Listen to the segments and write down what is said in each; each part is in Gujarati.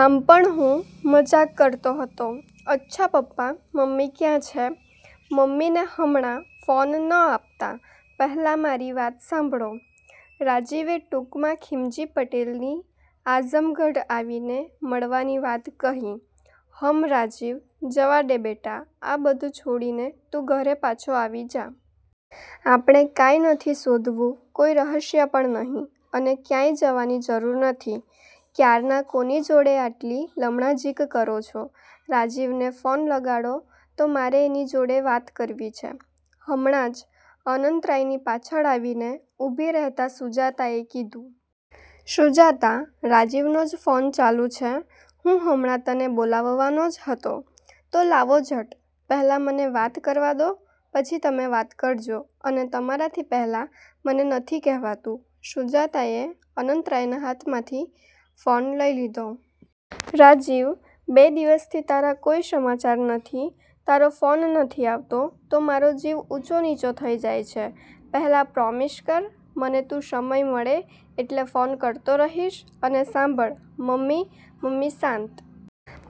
આમ પણ હું મજાક કરતો હતો. "અચ્છા પપ્પા, મમ્મી ક્યાં છે? મમ્મીને હમણાં ફોન ન આપતા પહેલા મારી વાત સાંભળો." રાજીવે ટૂંકમાં ખીમજી પટેલની આઝમગઢ આવીને મળવાની વાત કહી. "હમ્મ રાજીવ, જવા દે બેટા, આ બધું છોડીને તું ઘરે પાછો આવી જા. આપણે કાંઈ નથી શોધવું, કોઈ રહસ્ય પણ નહીં અને ક્યાંય જવાની જરૂર નથી." "ક્યારના કોની જોડે આટલી લમણાઝીંક કરો છો? રાજીવને ફોન લગાડો તો મારે એની જોડે વાત કરવી છે. હમણાં જ," અનંતરાયની પાછળ આવીને ઊભી રહેતા સુજાતાએ કીધું. "સુજાતા, રાજીવનો જ ફોન ચાલુ છે, હું હમણાં તને બોલાવવાનો જ હતો." "તો લાવો ઝટ, પહેલાં મને વાત કરવા દો પછી તમે વાત કરજો અને તમારાથી પહેલા મને નથી કહેવાતું?" સુજાતાએ અનંતરાયના હાથમાંથી ફોન લઈ લીધો. "રાજીવ, બે દિવસથી તારા કોઈ સમાચાર નથી, તારો ફોન નથી આવતો તો મારો જીવ ઊંચો નીચો થઈ જાય છે. પહેલાં પ્રોમિસ કર મને તું સમય મળે એટલે ફોન કરતો રહીશ, અને સાંભળ." "મમ્મી, મમ્મી શાંત.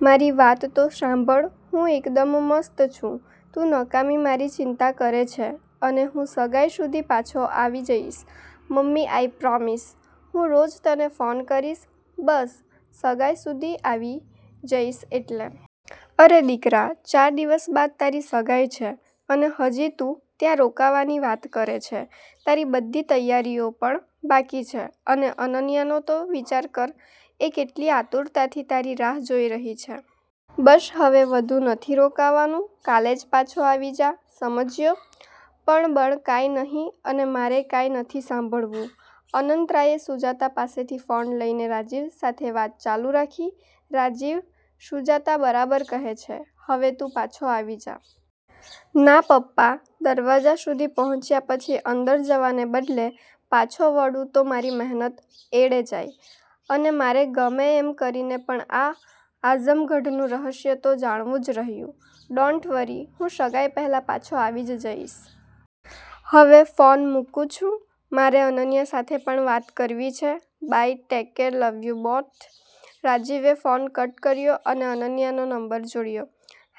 મારી વાત તો સાંભળ. હું એકદમ મસ્ત છું, તું નકામી મારી ચિંતા કરે છે, અને હું સગાઈ સુધી પાછો આવી જઈશ. મમ્મી આઈ પ્રોમિસ, હું રોજ તને ફોન કરીશ, બસ." "સગાઈ સુધી આવી જઈશ એટલે? અરે દીકરા, ચાર દિવસ બાદ તારી સગાઈ છે અને હજી તું ત્યાં રોકાવાની વાત કરે છે. તારી બધી તૈયારીઓ પણ બાકી છે અને અનન્યાનો તો વિચાર કર, એ કેટલી આતુરતાથી તારી રાહ જોઈ રહી છે. બસ હવે વધુ નથી રોકાવાનું, કાલે જ પાછો આવી જા, સમજ્યો?" "પણ-બણ કાંઈ નહિ અને મારે કાંઈ નથી સાંભળવું," અનંતરાયે સુજાતા પાસેથી ફોન લઈને રાજીવ સાથે વાત ચાલુ રાખી. "રાજીવ, સુજાતા બરાબર કહે છે, હવે તું પાછો આવી જા." "ના પપ્પા, દરવાજા સુધી પહોંચ્યા પછી અંદર જવાને બદલે પાછો વળું તો મારી મહેનત એળે જાય, અને મારે ગમે એમ કરીને પણ આ આઝમગઢનું રહસ્ય તો જાણવું જ રહ્યું. ડોન્ટ વરી, હું સગાઈ પહેલા પાછો આવી જ જઈશ. હવે ફોન મૂકું છું, મારે અનન્યા સાથે પણ વાત કરવી છે. Bye, take care, love you both." રાજીવે ફોન કટ કર્યો અને અનન્યાનો નંબર જોડ્યો.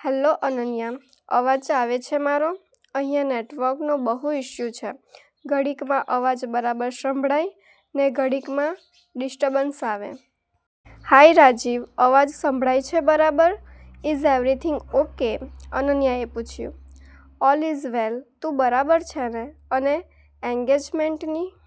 "હેલ્લો, અનન્યા, અવાજ આવે છે મારો? અહીંયા નેટવર્કનો બહુ ઇસ્યુ છે, ઘડીકમાં અવાજ બરાબર સંભળાય ને ઘડીકમાં ડિસ્ટર્બન્સ આવે." "હાય રાજીવ, અવાજ સંભળાય છે બરાબર. Is everything okay?" અનન્યાએ પૂછ્યું. "ઓલ ઇઝ વેલ, તું બરાબર છે ને? અને એંગેજમેન્ટની